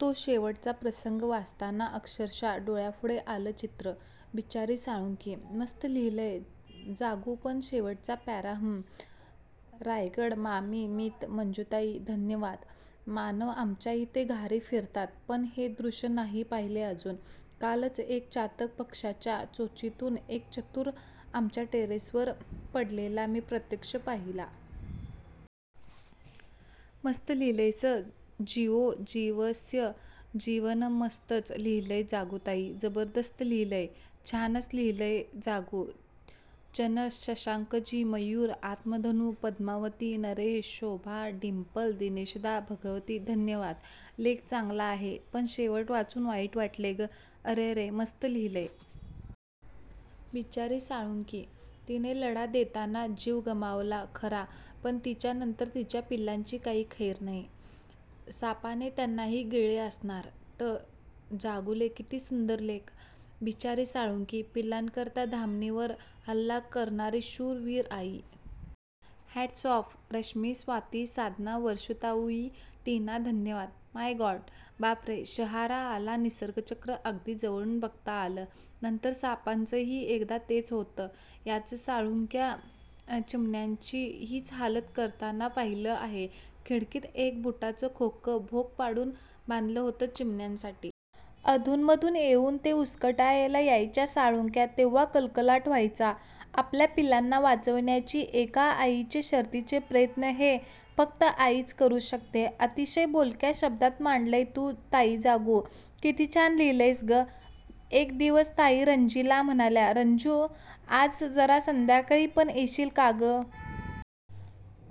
तो शेवटचा प्रसंग वाचताना अक्षरशः डोळ्यापुढे आलं चित्रं. बिचारी साळुंखी. मस्त लिहीलंय जागू पण शेवटचा पॅराहम्म्म्म्. रायगड, मामी, मित, मंजूताई धन्यवाद. मानव आमच्याइथे घारी फिरतात पण हे दृश्य नाही पाहीले अजून. कालच एक चातक पक्श्याच्या चोचीतून एक चतूर आमच्या टेरेसवर पडलेला मी प्रत्यक्ष पाहीला. मस्त लिहलयसं! जीवो जीवस्य जीवनम्मस्तचं लिहिलंय जागूताई. जबरदस्त लिहीलंय! छानच लिहीलय जागू. चनस, शशांकजी, मयुरी, आत्मधनु, पद्मावती, नरेश, शोभा, डिंपल, दिनेशदा, भगवती धन्यवाद. लेख चान्गला आहे, पण शेवट वाचुन वाईट वाटले ग.:अरेरे:मस्त लिहिलय! बिचारी साळूण्की. तिने लढा देताना जीव गमावला खरा पण तिच्यां नंतर तिच्या पिल्लांची काही खैर नहै. सांपाने त्यांनाही गिळले असणार. तःजागुले किती सुंदर लेख.. बिचारी साळुंखी.. पिल्लांकरता धामणीवर हल्ला करणारी शूर वीर आई.. हॅट्स ऑफ!! रश्मी, स्वाती, साधना, वर्षुताऊई, टीना धन्यवाद. My God. बापरे, शहारा आला. निसर्गचक्र अगदी जवळून बघता आलं. नंतर सापाचंही एकदा तेच होतं. याच साळुंक्या चिमण्यांची हीच हालत करताना पाहिलं आहे. खिडकीत एक बुटाचं खोकं भोक पाडून बांधलं होतं चिमण्यांसाठी. अधूनमधून येऊन ते उसकटायला यायच्या साळुंक्या तेव्हा कलकलाट व्हायचा. आपल्या पिल्लांना वाचविण्याची एका आईचे शर्तीचे प्रयत्नहे फक्त आईच करू शकते. अतिशय बोलक्या शब्दात मांडलय तू ताईजागू, किती छान लिहीलयस ग. एक दिवस ताई रंजीला म्हणाल्या,"रंजू, आज जरा संध्याकाळी पण येशील का गं?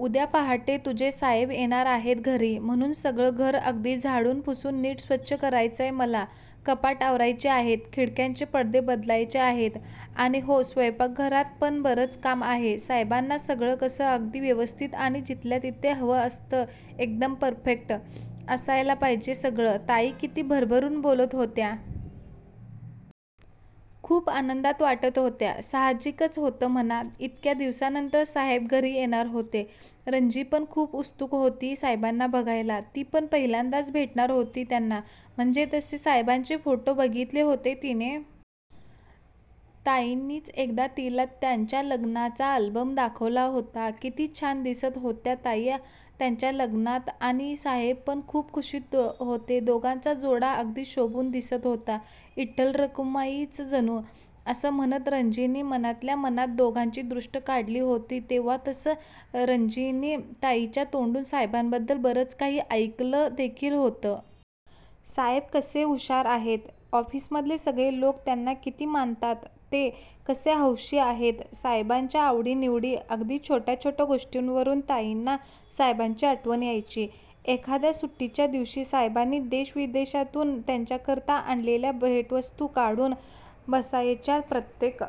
उद्या पहाटे तुझे साहेब येणार आहेत घरी; म्हणून सगळं घर अगदी झाडून पुसून नीट स्वच्छ करायचंय मला, कपाटं आवरायची आहेत, खिडक्यांचे पडदे बदलायचे आहेतआणि हो- स्वैपाकघरात पण बरंच काम आहेसाहेबांना सगळं कसं अगदी व्यवस्थित आणि जिथल्या तिथे हवं असतंएकदम परफेक्ट असायला पाहिजे सगळं"ताई किती भरभरून बोलत होत्या.. खूप आनंदात वाटत होत्या साहजिकच होतं म्हणा.. इतक्या दिवसांनंतर साहेब घरी येणार होते! रंजी पण खूप उत्सुक होती साहेबांना बघायला. ती पण पहिल्यांदाच भेटणार होती त्यांना म्हणजे तसे साहेबांचे फोटो बघितले होते तिनी! ताईंनीच एकदा तिला त्यांच्या लग्नाचा अल्बम दाखवला होता. किती छान दिसत होत्या ताई त्यांच्या लग्नातआणि साहेब पण खूप खुशीत होतेदोघांचा जोडा अगदी शोभून दिसत होता.. 'इठ्ठल-रखुमाई च जनु'.. असं म्हणत रंजीनी मनातल्या मनात दोघांची दृष्ट काढली होती तेव्हातसं रंजीनी ताईंच्या तोंडून साहेबांबद्दल बरंच काही ऐकलं देखील होतं. साहेब कसे हुशार आहेतऑफिस मधले सगळे लोक त्यांना किती मानतातते कसे हौशी आहेतसाहेबांच्या आवडी निवडीअगदी छोट्या छोट्या गोष्टींवरून ताईंना साहेबांची आठवण यायची! एखाद्या सुट्टीच्या दिवशी साहेबांनी देश-विदेशातून त्यांच्याकरता आणलेल्या भेटवस्तू काढून बसायच्याप्रत्येक